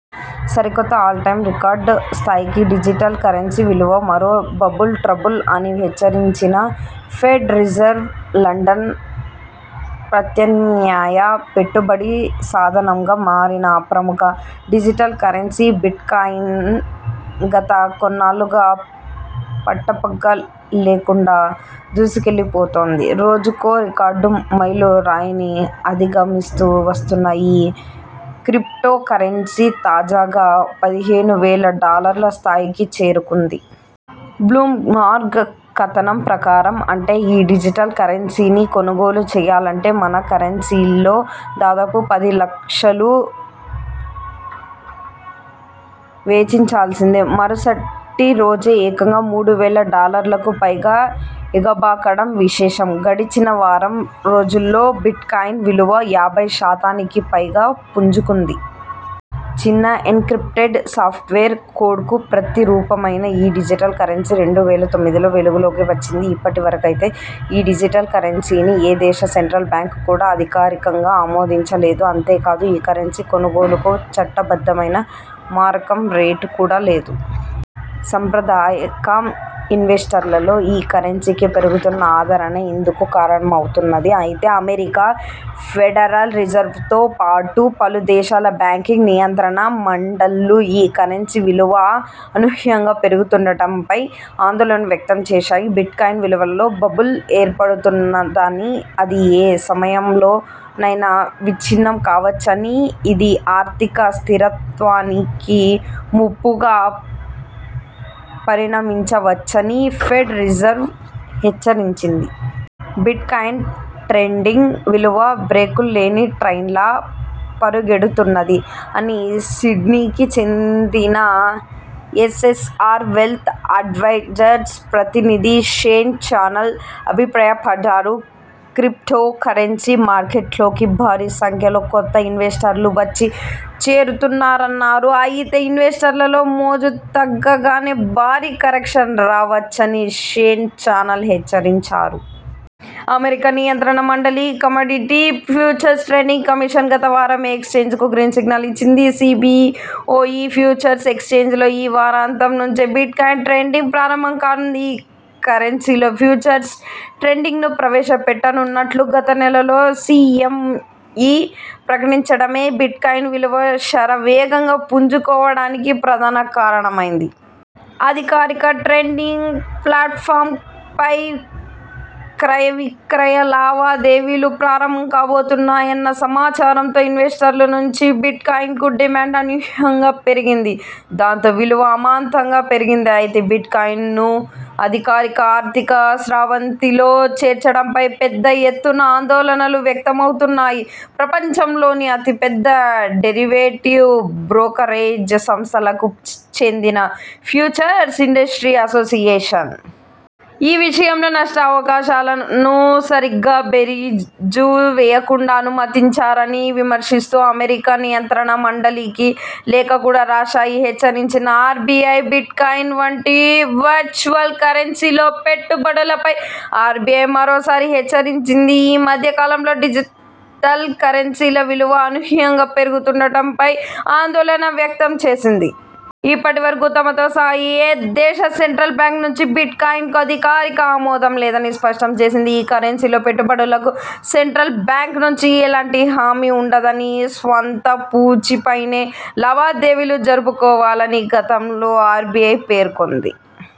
సరికొత్త all time record స్థాయికి digital currency విలువ మరో బబుల్ ట్రబుల్ అని హెచ్చరించిన ఫెడ్ రిజర్వ్ లండన్ ప్రత్యామ్నాయ పెట్టుబడి సాధనంగా మారిన ప్రముఖ డిజిటల్ కరెన్సీ బిట్కాయిన్, గత కొన్నాళ్లుగా పట్టపగ్గా ల్లేకుండా దూసుకెళ్లి పోతోంది. రోజుకో రికార్డు మైలు రాయిని అధిగ మిస్తూ వస్తున్న ఈ క్రిప్టో కరెన్సీ తాజాగా పదిహేను వేల డాలర్ల స్థాయికి చేరుకుంది. బ్లూమ్బర్గ్ కథనం ప్రకారం, అంటే ఈ డిజిటల్ కరెన్సీని కొనుగోలు చేయాలంటే మన కరెన్సీలో దాదాపు పది లక్షలు వెచ్చించాల్సిందే. మరుసటి రోజే ఏకంగా మూడు వేల డాలర్లకు పైగా ఎగ బాకడం విశేషం. గడచిన వారం రోజుల్లో బిట్కాయిన్ విలువ యాభై శాతానికి పైగా పుంజుకుంది. చిన్న ఎన్క్రిప్టెడ్ సాఫ్ట్వేర్ కోడ్కు ప్రతి రూపమైన ఈ డిజిటల్ కరెన్సీ రెండు వేల తొమ్మిదిలో వెలుగులోకి వచ్చింది. ఇప్పటి వరకైతే ఈ డిజిటల్ కరెన్సీని ఏ దేశ సెంట్రల్ బ్యాంక్ కూడా అధికారికంగా ఆమోదించ లేదు. అంతే కాదు ఈ కరెన్సీ కొనుగోలుకు చట్ట బద్ధమైన మారకం రేటు కూడా లేదు. సంప్రదాయక ఇన్వెస్టర్లలో ఈ కరెన్సీకి పెరుగుతున్న ఆదరణే ఇందుకు కారణమవుతున్నది. అయితే, అమెరికా ఫెడరల్ రిజర్వ్తోపాటు పలు దేశాల బ్యాంకింగ్ నియంత్రణ మండళ్లు ఈ కరెన్సీ విలువ అనూహ్యంగా పెరుగుతుండటంపై ఆందోళన వ్యక్తం చేశాయి. బిట్కాయిన్ విలువలో బబుల్ ఏర్పడుతున్నదని, అది ఏ సమయంలో నైనా విచ్ఛిన్నం కావచ్చని, ఇది ఆర్థిక స్థిరత్వానికి ముప్పుగా పరిణమించవచ్చని ఫెడ్ రిజర్వ్ హెచ్చరించింది. ''బిట్కాయిన్ ట్రేడింగ్ విలువ బ్రేకుల్లేని ట్రైన్లా పరుగెడుతున్నది'' అని సిడ్నీకి చెందిన ఎఎ్సఆర్ వెల్త్ అడ్వైజర్స్ ప్రతినిధి షేన్ చానెల్ అభిప్రాయపడ్డారు. క్రిప్టో కరెన్సీ మార్కెట్లోకి భారీ సంఖ్యలో కొత్త ఇన్వెస్టర్లు వచ్చి చేరుతున్నారన్నారు. అయితే, ఇన్వెస్టర్లలో మోజు తగ్గగానే భారీ కరెక్షన్ రా వచ్చని షేన్ చానల్ హెచ్చరించారు. అమెరికా నియంత్రణ మండలి 'కమోడిటీ ఫ్యూచర్స్ ట్రేడింగ్ కమిషన్' గత వారమే ఎక్స్చేంజ్కు గ్రీన్సిగ్నల్ ఇచ్చింది. సిబిఒఇ ఫ్యూచర్స్ ఎక్స్ఛేంజ్లో ఈ వారాంతం నుంచే బిట్కాయిన్ ట్రేడింగ్ ప్రారంభం కానుంది. ఈ కరెన్సీలో ఫ్యూచర్స్ ట్రేడింగ్ను ప్రవేశ పెట్టనున్నట్లు గతనెలలో సిఎంఇ ప్రకటించడమే బిట్కాయిన్ విలువ శర వేగంగా పుంజు కోవడానికి ప్రధాన కారణమైంది. అధికారిక ట్రేడింగ్ ప్లాట్ఫాంపై క్రయ విక్రయ లావా దేవీలు ప్రారంభం కాబోతున్నాయన్న సమాచారంతో ఇన్వెస్టర్ల నుంచి బిట్కాయిన్కు డిమాండ్ అన్యూహంగా పెరిగింది. దాంతో విలువ అమాంతంగా పెరిగింది. అయితే, బిట్కాయిన్ను అధికారిక ఆర్థిక స్రవంతిలో చేర్చడంపై పెద్ద ఎత్తున ఆందోళనలు వ్యక్తమవుతున్నాయి. ప్రపంచం లోని అతిపెద్ద డెరివేటివ్ బ్రోకరేజ్ సంస్థలకు చెందిన ఫ్యూచర్స్ ఇండస్ట్రీ అసోసియేషన్.. ఈ విషయంలో నష్ట అవకాశాలను సరిగ్గా బేరీజు వేయకుండా అనుమతించారని విమర్శిస్తూ అమెరికా నియంత్రణ మండలికి లేఖ కూడా రాశాయి. హెచ్చరించిన ఆర్బిఐ బిట్కాయిన్ వంటి వర్చువల్ కరెన్సీలో పెట్టు బడులపై ఆర్బిఐ మరోసారి హెచ్చరించింది. ఈ మధ్య కాలంలో డిజిటల్ కరెన్సీల విలువ అనూహ్యంగా పెరుగుతుండటంపై ఆందోళన వ్యక్తం చేసింది. ఇప్పటి వరకు తమతో సహా ఏ దేశ సెంట్రల్ బ్యాంక్ నుంచీ బిట్కాయిన్కు అధికారిక ఆమోదం లేదని స్పష్టం చేసింది. ఈ కరెన్సీలో పెట్టుబడులకు సెంట్రల్ బ్యాంక్ నుంచి ఎలాంటి హామీ ఉండదని, స్వంత పూచీపైనే లావాదేవీలు జరపు కోవాలని గతంలో ఆర్బిఐ పేర్కొంది.